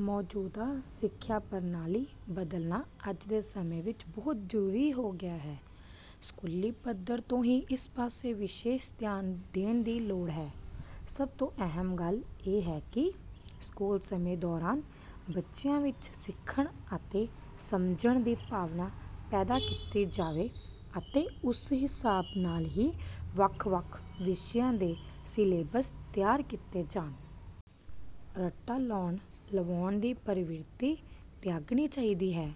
ਮੌਜੂਦਾ ਸਿੱਖਿਆ ਪ੍ਰਣਾਲੀ ਬਦਲਣਾ ਅੱਜ ਦੇ ਸਮੇਂ ਵਿੱਚ ਬਹੁਤ ਜ਼ਰੂਰੀ ਹੋ ਗਿਆ ਹੈ। ਸਕੂਲੀ ਪੱਧਰ ਤੋਂ ਹੀ ਇਸ ਪਾਸੇ ਵਿਸ਼ੇਸ਼ ਧਿਆਨ ਦੇਣ ਦੀ ਲੋੜ ਹੈ। ਸਭ ਤੋਂ ਅਹਿਮ ਗੱਲ ਇਹ ਹੈ ਕਿ ਸਕੂਲ ਸਮੇਂ ਦੌਰਾਨ ਬੱਚਿਆਂ ਵਿੱਚ ਸਿੱਖਣ ਅਤੇ ਸਮਝਣ ਦੀ ਭਾਵਨਾ ਪੈਦਾ ਕੀਤੀ ਜਾਵੇ ਅਤੇ ਉਸ ਹਿਸਾਬ ਨਾਲ ਹੀ ਵੱਖ ਵੱਖ ਵਿਸ਼ਿਆਂ ਦੇ ਸਿਲੇਬਸ ਤਿਆਰ ਕੀਤੇ ਜਾਣ। ਰੱਟਾ ਲਾਉਣ ਲਵਾਉਣ ਦੀ ਪ੍ਰਵਿਰਤੀ ਤਿਆਗਣੀ ਚਾਹੀਦੀ ਹੈ।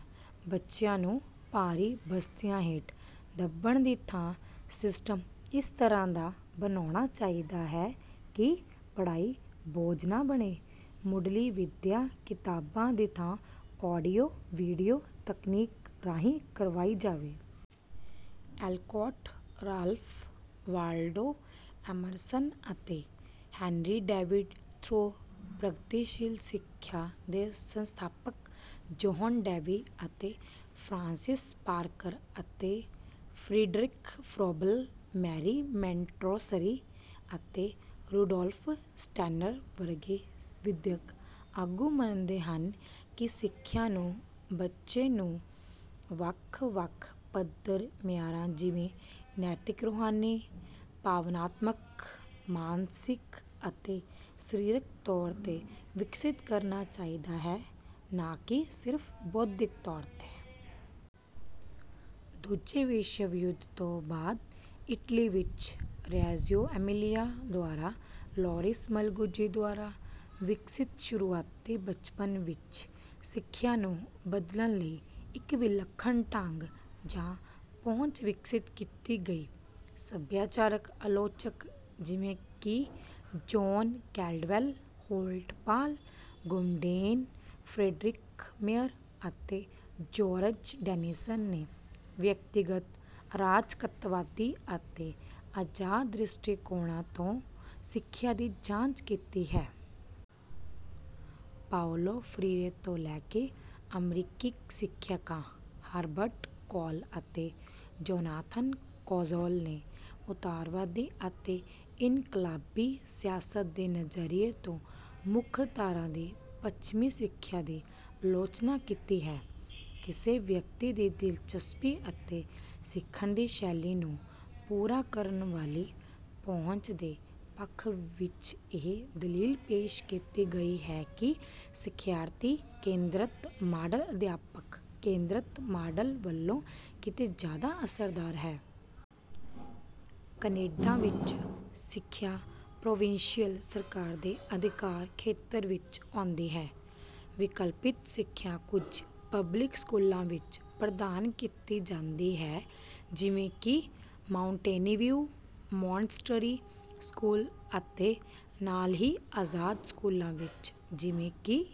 ਬੱਚਿਆਂ ਨੂੰ ਭਾਰੀ ਬਸਤਿਆਂ ਹੇਠ ਦੱਬਣ ਦੀ ਥਾਂ ਸਿਸਟਮ ਇਸ ਤਰ੍ਹਾਂ ਦਾ ਬਣਾਉਣਾ ਚਾਹੀਦਾ ਹੈ ਕਿ ਪੜ੍ਹਾਈ ਬੋਝ ਨਾ ਬਣੇ। ਮੁੱਢਲੀ ਵਿੱਦਿਆ ਕਿਤਾਬਾਂ ਦੀ ਥਾਂ ਆਡੀਓ ਵੀਡੀਓ ਤਕਨੀਕ ਰਾਹੀਂ ਕਰਵਾਈ ਜਾਵੇ। ਐਲਕੋਟ ਰਾਲਫ ਵਾਲਡੋ ਐਮਰਸਨ ਅਤੇ ਹੈਨਰੀ ਡੇਵਿਡ ਥੋਰਾ ਪ੍ਰਗਤੀਸ਼ੀਲ ਸਿੱਖਿਆ ਦੇ ਸੰਸਥਾਪਕ ਜੌਹਨ ਡੇਵੀ ਅਤੇ ਫਰਾਂਸਿਸ ਪਾਰਕਰ ਅਤੇ ਫਰੀਡਰਿਕ ਫਰੋਬਲ ਮਾਰੀਆ ਮੋਂਟੇਸਰੀ ਅਤੇ ਰੁਡੌਲਫ ਸਟੈਨਰ ਵਰਗੇ ਵਿੱਦਿਅਕ ਆਗੂ ਮੰਨਦੇ ਹਨ ਕਿ ਸਿੱਖਿਆ ਨੂੰ ਬੱਚੇ ਨੂੰ ਵੱਖ ਵੱਖ ਪੱਧਰ ਮਿਆਰਾਂ ਜਿਵੇਂ ਨੈਤਿਕ ਰੂਹਾਨੀ ਭਾਵਨਾਤਮਕ ਮਾਨਸਿਕ ਅਤੇ ਸਰੀਰਕ ਤੌਰ ਤੇ ਵਿਕਸਿਤ ਕਰਨਾ ਚਾਹੀਦਾ ਹੈ ਨਾ ਕਿ ਸਿਰਫ ਬੌਧਿਕ ਤੌਰ ਤੇ। ਦੂਜੇ ਵਿਸ਼ਵ ਯੁੱਧ ਤੋਂ ਬਾਅਦ ਇਟਲੀ ਵਿੱਚ ਰੈਜੂਓ ਏਮੀਲਿਆ ਦੁਆਰਾ ਲੋਰਿਸ ਮਲਗੁਜੀ ਦੁਆਰਾ ਵਿਕਸਿਤ ਸ਼ੁਰੂਆਤੀ ਬਚਪਨ ਵਿੱਚ ਸਿੱਖਿਆ ਨੂੰ ਬਦਲਣ ਲਈ ਇੱਕ ਵਿਲੱਖਣ ਢੰਗ ਜਾਂ ਪਹੁੰਚ ਵਿਕਸਿਤ ਕੀਤੀ ਗਈ। ਸੱਭਿਆਚਾਰਕ ਆਲੋਚਕ ਜਿਵੇਂ ਕਿ John Caldwell Holt Paul Goodman Frederick Mayer ਅਤੇ ਜੌਰਜ ਡੇਨੀਸਨ ਨੇ ਵਿਅਕਤੀਗਤ ਅਰਾਜਕਤਾਵਾਦੀ ਅਤੇ ਆਜ਼ਾਦ ਦ੍ਰਿਸ਼ਟੀਕੋਣਾਂ ਤੋਂ ਸਿੱਖਿਆ ਦੀ ਜਾਂਚ ਕੀਤੀ ਹੈ। ਪਾਓਲੋ ਫਰੀਰੇ ਤੋਂ ਲੈ ਕੇ ਅਮਰੀਕੀ ਸਿੱਖਿਅਕਾਂ ਹਰਬਰਟ ਕੋਲ ਅਤੇ ਜੋਨਾਥਨ ਕੋਜ਼ੋਲ ਨੇ ਉਦਾਰਵਾਦੀ ਅਤੇ ਇਨਕਲਾਬੀ ਸਿਆਸਤ ਦੇ ਨਜ਼ਰੀਏ ਤੋਂ ਮੁੱਖ ਧਾਰਾ ਦੀ ਪੱਛਮੀ ਸਿੱਖਿਆ ਦੀ ਆਲੋਚਨਾ ਕੀਤੀ ਹੈ। ਕਿਸੇ ਵਿਅਕਤੀ ਦੀ ਦਿਲਚਸਪੀ ਅਤੇ ਸਿੱਖਣ ਦੀ ਸ਼ੈਲੀ ਨੂੰ ਪੂਰਾ ਕਰਨ ਵਾਲੀ ਪਹੁੰਚ ਦੇ ਪੱਖ ਵਿੱਚ ਇਹ ਦਲੀਲ ਪੇਸ਼ ਕੀਤੀ ਗਈ ਹੈ ਕਿ ਸਿਖਿਆਰਥੀ ਕੇਂਦਰਤ ਮਾਡਲ ਅਧਿਆਪਕ ਕੇਂਦਰਤ ਮਾਡਲ ਨਾਲੋਂ ਕਿਤੇ ਜਿਆਦਾ ਅਸਰਦਾਰ ਹੈ। ਕੈਨੇਡਾ ਵਿੱਚ ਸਿੱਖਿਆ ਪ੍ਰੋਵਿੰਸ਼ੀਅਲ ਸਰਕਾਰ ਦੇ ਅਧਿਕਾਰ ਖੇਤਰ ਵਿੱਚ ਆਉਂਦੀ ਹੈ। ਵਿਕਲਪਿਤ ਸਿੱਖਿਆ ਕੁਝ ਪਬਲਿਕ ਸਕੂਲਾਂ ਵਿੱਚ ਪ੍ਰਦਾਨ ਕੀਤੀ ਜਾਂਦੀ ਹੈ ਜਿਵੇਂ ਕਿ ਮਾਉਂਟੇਨਵਿਉ ਮੌਂਟਸਰੀ ਸਕੂਲ ਅਤੇ ਨਾਲ ਹੀ ਆਜ਼ਾਦ ਸਕੂਲਾਂ ਵਿੱਚ ਜਿਵੇਂ ਕਿ